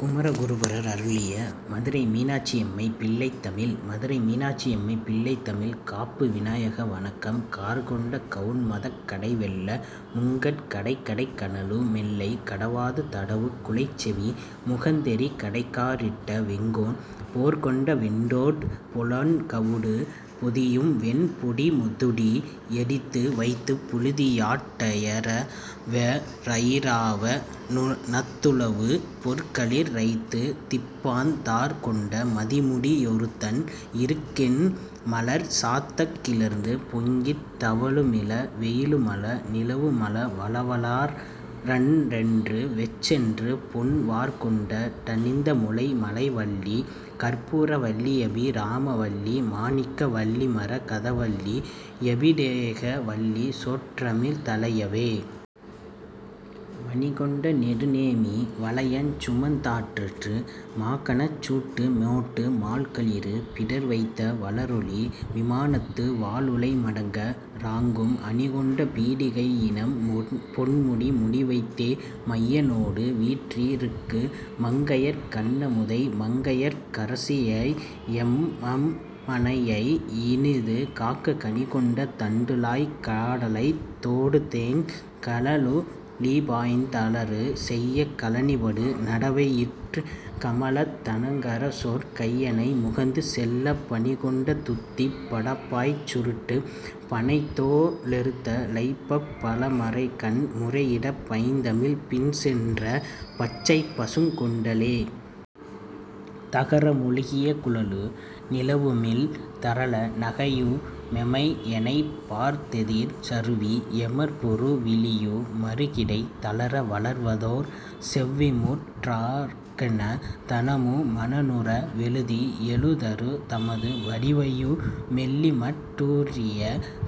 குமரகுருபரர் அருளிய மதுரை மீனாட்சியம்மை பிள்ளைத்தமிழ் மதுரை மீனாட்சியம்மை பிள்ளைத்தமிழ் காப்பு விநாயக வணக்கம் கார்கொண்ட கவுண்மதக் கடைவெள்ள முங்கட் கடைக்கடைக் கனலு மெல்லை கடவாது தடவுக் குழைச்செவி முகந்தெறி கடைக்கா றிட்ட வெங்கோன் போர்கொண்ட வெண்டோ ட்பொலன்குவடு பொதியும்வெண் பொடிதுடி யடித்து வைத்துப் புழுதியாட் டயராவொ ரயிராவ ணத்துலவு பொற்களிற் றைத்து திப்பாந் தார்கொண்ட மதிமுடி யொருத்தன் றிருக்கண்மலர் சாத்தக் கிளர்ந்து பொங்கித் தவழுமிள வெயிலுமழ நிலவுமள வளவலாற் றண்ணென்று வெச்சென்று பொன் வார்கொண்ட டணிந்தமுலை மலைவல்லி கர்ப்பூர வல்லியபி ராம வல்லி மாணிக்க வல்லிமர கதவல்லி யபிடேக வல்லி சொற் றமிழ் தழையவே. மணிகொண்ட நெடுநேமி வலயஞ் சுமந்தாற்று மாகணச் சூட்டு மோட்டு மால்களிறு பிடர்வைத்த வளரொளி விமானத்து வாலுளை மடங்க றாங்கும் அணிகொண்ட பீடிகையி னம்பொன்முடி முடிவைத்தே மையனொடு வீற்றி ருக்கு மங்கயற் கண்ணமுதை மங்கையர்க் கரசியையெ மம்மனையை யினிது காக்க கணிகொண்ட தண்டுழாய்க் காடலைத் தோடுதேங் கழலுழிபாய்ந் தளறு செய்யக் கழனிபடு நடவையிற் கமலத் தணங்கரசொர் கையணை முகந்து செல்லப் பணிகொண்ட துத்திப் படப்பாய்ச் சுருட்டுப் பணைத்தோ ளெருத்த லைப்பப் பழமறைகண் முறையிடப் பைந்தமிழ்ப் பின்சென்ற பச்சைப் பசுங் கொண்டலே. தகரமொழுகிய குழலு நிலவுமிழ் தரள நகையுமெ மையனைப் பார்த்தெதிர் சருவி யமர்பொரு விழியு மறுகிடை தளர வளர்வதொர் செவ்விமுற் றாக்கன தனமு மனனுற வெழுதி யெழுதரு தமது வடிவையு மெள்ளிமட் டூற்றிய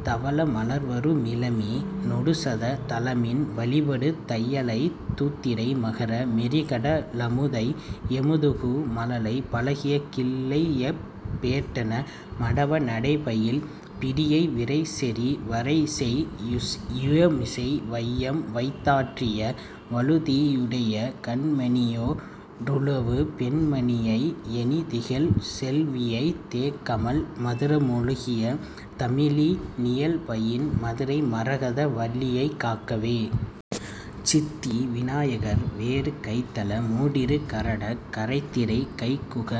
தவள மலர்வரு மிளமி னொடுசத தளமின் வழிபடு தையலைத் தூத்திரை மகர மெறிகட லமுதை யமுதுகு மழலை பழகிய கிள்ளையைப் பேட்டன மடவ நடைபயில் பிடியை விரைசெறி வரைசெய் புயமிசை வையம் வைத்தாற்றிய வழுதியுடைய கண் மணியொ டுலவு பெண் மணியை யணிதிகழ் செல்வியைத் தேக்கமழ் மதுர மொழுகிய தமிழி னியல்பயின் மதுரை மரகத வல்லியைக் காக்கவே. சித்தி வினாயகர் வேறு கைத்தல மோடிரு கரடக் கரைத்திரை கைக்குக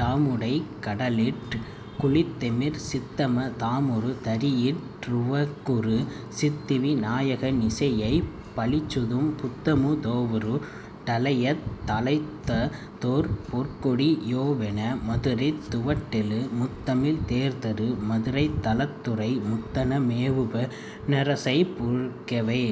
டாமுடைக் கடலிற் குளித்தெமர் சித்தம தாமொரு தறியிற் றுவக்குறு சித்திவி நாயக னிசையைப் பழிச்சுதும் புத்தமு தோவரு டழையத் தழைத்ததொர் பொற்கோடி யோவென மதுரித் துவட்டெழு முத்தமிழ் தேர்தரு மதுரைத் தலத்துறை முத்தன மேவுபெ ணரசைப் புரக்கவே.